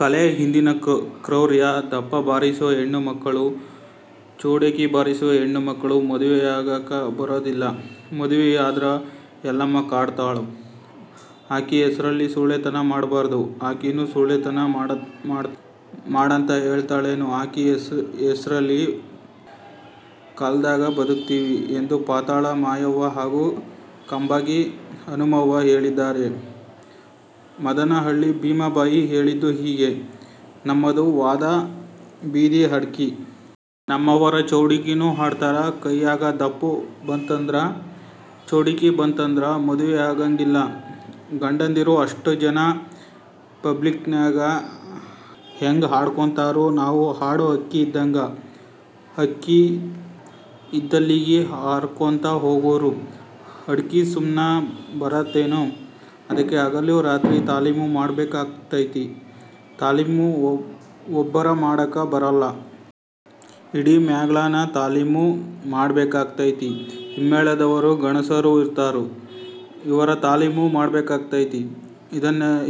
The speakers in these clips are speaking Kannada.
ಕಲೆಯ ಹಿಂದಿನ ಕ್ರೌರ್ಯ "ದಪ್ಪ ಬಾರಿಸುವ ಹೆಣ್ಣು ಮಕ್ಕಳು, ಚೌಡಿಕಿ ಬಾರಿಸುವ ಹೆಣ್ಣು ಮಕ್ಕಳು ಮದುವೆಯಾಗಾಕ ಬರೂದಿಲ್ಲ. ಮದುವಿಯಾದ್ರ ಯಲ್ಲಮ್ಮ ಕಾಡತಾಳು. ಆಕಿ ಹೆಸರ್ಲಿ ಸೂಳೆತನ ಮಾಡಬಾರದು. ಆಕೇನು ಸೂಳಿತನ ಮಾಡಂತ ಹೇಳ್ತಾಳೇನು ಆಕಿ ಹೆಸರ್ಲಿ ಕಲಾದಾಗ ಬದುಕ್ತೀವಿ" ಎಂದು ಪಾತಾಳ ಮಾಯವ್ವ ಹಾಗೂ ಕಂಬಾಗಿ ಹನುಮವ್ವ ಹೇಳಿದರೆ, ಮದನ ಹಳ್ಳಿ ಭೀಮಬಾಯಿ ಹೇಳಿದ್ದು ಹೀಗೆ: "ನಮ್ಮದು ವಾದಾ ಬೀದಿ ಹಾಡ್ಕಿ. ನಮ್ಮವರ ಚೌಡಕಿನೂ ಹಾಡ್ತಾರ. ಕೈಯಾಗ ದಪ್ಪು ಬಂತಂದ್ರ, ಚೌಡಕಿ ಬಂತಂದ್ರ ಮದುವೆಯಾಗಂಗಿಲ್ಲ. ಗಂಡಂದಿರು ಅಷ್ಟ ಜನಾ ಪಬ್ಲಿಕ್ನಾಗ ಹ್ಯಾಂಗ ಹಾಡಗೊಡತಾರು ನಾವು ಹಾಡು ಹಕ್ಕಿ ಇದ್ದಂಗ. ಹಾಡ್ಕಿ ಇದ್ದಲ್ಲಿಗಿ ಹಾರಕೋಂತ ಹೋಗೋರು. ಹಾಡ್ಕಿ ಸುಮ್ನ ಬರತದೇನು ಅದಕ್ಕ ಹಗಲಿ ರಾತ್ರಿ ತಾಲೀಮು ಮಾಡಬೇಕಾಗುತೈತಿ. ತಾಲೀಮು ಒಬ್ಬರ ಮಾಡಾಕ ಬರಲ್ಲ. ಇಡೀ ಮ್ಯಾಳಾನ ತಾಲೀಮು ಮಾಡಬೇಕಾಗತೈತಿ. ಹಿಮ್ಮೇಳದವರು ಗಣಸೂರು ಇರತಾರು. ಇವರ ತಾಲೀಮು ಮಾಡಬೇಕಾಗತೈತಿ.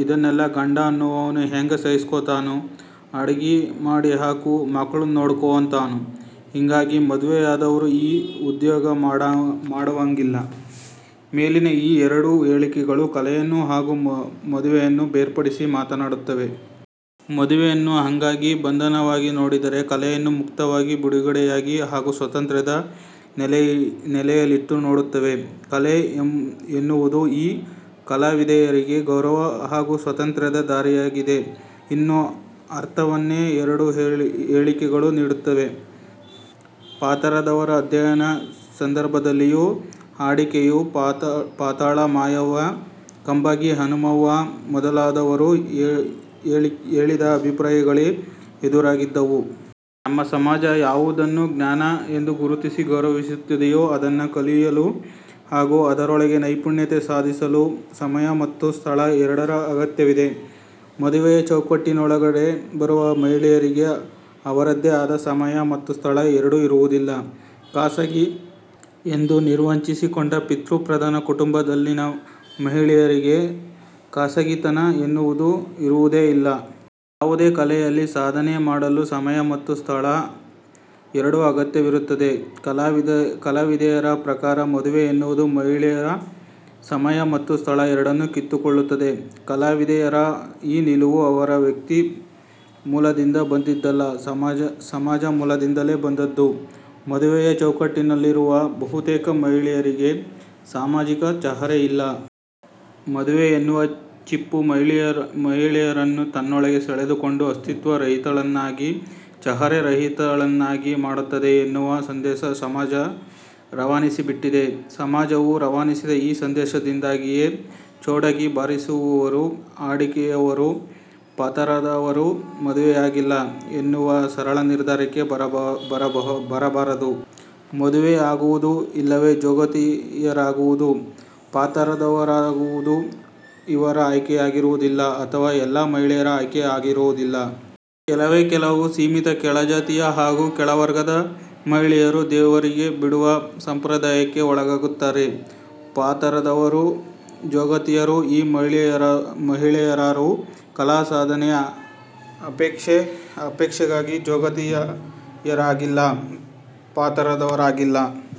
ಇದನ್ನೆಲ್ಲಾ ಗಂಡ ಅನ್ನುವನು ಹ್ಯಾಂಗ ಸಹಸ್ಕೋತಾನು ಅಡಗಿ ಮಾಡಿ ಹಾಕು, ಮಕ್ಳು ನೋಡ್ಕೋ ಅಂತಾನು. ಹಿಂಗಾಗಿ ಮದ್ವಿಯಾದವರು ಈ ಉದ್ಯೋಗ ಮಾಡುವಂಗಿಲ್ಲ. ಮೇಲಿನ ಈ ಎರಡೂ ಹೇಳಿಕೆಗಳು ಕಲೆಯನ್ನು ಹಾಗೂ ಮದುವೆಯನ್ನು ಬೇರ್ಪಡಿಸಿ ನೋಡುತ್ತವೆ. ಮದುವೆಯನ್ನು ಹಂಗಾಗಿ, ಬಂಧನವಾಗಿ ನೋಡಿದರೆ; ಕಲೆಯನ್ನು ಮುಕ್ತವಾಗಿ, ಬಿಡುಗಡೆಯಾಗಿ ಹಾಗೂ ಸ್ವಾತಂತ್ರ್ಯದ ನೆಲೆಯಲ್ಲಿಟ್ಟು ನೋಡುತ್ತವೆ. 'ಕಲೆ' ಎನ್ನುವುದು ಈ ಕಲಾವಿದೆಯರಿಗೆ ಗೌರವ ಹಾಗೂ ಸ್ವಾತಂತ್ರ್ಯದ ದಾರಿಯಾಗಿದೆ ಎನ್ನುವ ಅರ್ಥವನ್ನೇ ಎರಡೂ ಹೇಳಿಕೆಗಳು ನೀಡುತ್ತವೆ. ಪಾತರದವರ ಅಧ್ಯಯನ ಸಂದರ್ಭದಲ್ಲಿಯೂ ಹಾಡಿಕೆಯು ಪಾತಾಳ ಮಾಯವ್ವ, ಕಂಬಾಗಿ ಹನುಮವ್ವ ಮೊದಲಾದವರು ಹೇಳಿದ ಅಭಿಪ್ರಾಯಗಳೇ ಎದುರಾಗಿದ್ದವು. ನಮ್ಮ ಸಮಾಜ ಯಾವುದನ್ನು 'ಜ್ಞಾನ' ಎಂದು ಗುರುತಿಸಿ ಗೌರವಿಸುತ್ತದೆಯೋ ಅದನ್ನು ಕಲಿಯಲು ಹಾಗೂ ಅದರೊಳಗೆ ನೈಪುಣ್ಯತೆ ಸಾಧಿಸಲು ಸಮಯ ಮತ್ತು ಸ್ಥಳ ಎರಡರ ಅಗತ್ಯವಿದೆ. ಮದುವೆಯ ಚೌಕಟ್ಟಿನೊಳಗಡೆ ಬರುವ ಮಹಿಳೆಯರಿಗೆ ಅವರದ್ದೇ ಆದ ಸಮಯ ಮತ್ತು ಸ್ಥಳ ಎರಡೂ ಇರುವುದಿಲ್ಲ. 'ಖಾಸಗಿ' ಎಂದು ನಿರ್ವಚಿಸಿಕೊಂಡ ಪಿತೃ ಪ್ರಧಾನ ಕುಟುಂಬದಲ್ಲಿನ ಮಹಿಳೆಯರಿಗೆ ಖಾಸಗಿತನ ಎನ್ನುವುದು ಇರುವುದೇ ಇಲ್ಲ. ಯಾವುದೇ ಕಲೆಯಲ್ಲಿ ಸಾಧನೆ ಮಾಡಲು ಸಮಯ ಮತ್ತು ಸ್ಥಳ ಎರಡೂ ಅಗತ್ಯವಾಗಿರುತ್ತದೆ. ಕಲಾವಿದೆಯರ ಪ್ರಕಾರ ಮದುವೆ ಎನ್ನುವುದು ಮಹಿಳೆಯ ಸಮಯ ಮತ್ತು ಸ್ಥಳ ಎರಡನ್ನೂ ಕಿತ್ತುಕೊಳ್ಳುತ್ತದೆ. ಕಲಾವಿದೆಯರ ಈ ನಿಲುವು ಅವರವರ ವ್ಯಕ್ತಿ ಮೂಲದಿಂದ ಬಂದದ್ದಲ್ಲ; ಸಮಾಜ ಮೂಲದಿಂದಲೇ ಬಂದದ್ದು. ಮದುವೆಯ ಚೌಕಟ್ಟಿನಲ್ಲಿರುವ ಬಹುತೇಕ ಮಹಿಳೆಯರಿಗೆ ಸಾಮಾಜಿಕ ಚಹರೆಯಿಲ್ಲ. ಮದುವೆ ಎನ್ನುವ ಚಿಪ್ಪು ಮಹಿಳೆಯರನ್ನು ತನ್ನೊಳಗೆ ಸೆಳೆದುಕೊಂಡು ಅಸ್ತಿತ್ವ ರಹಿತಳನ್ನಾಗಿ, ಚಹರೆ ರಹಿತಳನ್ನಾಗಿ ಮಾಡುತ್ತದೆ ಎನ್ನುವ ಸಂದೇಶ ಸಮಾಜ ರವಾನಿಸಿಬಿಟ್ಟಿದೆ. ಸಮಾಜವು ರವಾನಿಸಿದ ಈ ಸಂದೇಶದಿಂದಾಗಿಯೇ ಚೌಡಕಿ ಬಾರಿಸುವವರು, ಹಾಡಿಕೆಯವರು, ಪಾತರದವರು ಮದುವೆಯಾಗಿಲ್ಲ ಎನ್ನುವ ಸರಳ ನಿರ್ಧಾರಕ್ಕೆ ಬರಬಾರದು. ಮದುವೆಯಾಗುವುದು ಇಲ್ಲವೆ 'ಜೋಗತಿ'ಯರಾಗುವುದು, ಪಾತರದವರಾಗುವುದು ಇವರ ಆಯ್ಕೆಯಾಗಿರುವುದಿಲ್ಲ; ಅಥವಾ ಎಲ್ಲ ಮಹಿಳೆಯರ ಆಯ್ಕೆಯಾಗಿರುವುದಿಲ್ಲ. ಕೆಲವೇ ಕೆಲವು ಸೀಮಿತ ಕೆಳಜಾತಿಯ ಹಾಗೂ ಕೆಳವರ್ಗದ ಮಹಿಳೆಯರು ದೇವರಿಗೆ ಬಿಡುವ ಸಂಪ್ರದಾಯಕ್ಕೆ ಒಳಗಾಗುತ್ತಾರೆ. 'ಪಾತರದವರು', 'ಜೋಗತಿಯರು' ಈ ಮಹಿಳೆಯರಾರೂ ಕಲಾ ಸಾಧನೆಯ ಅಪೇಕ್ಷೆಗಾಗಿಯೇ 'ಜೋಗತಿ'ಯರಾಗಿಲ್ಲ; ಪಾತರದವರಾಗಿಲ್ಲ.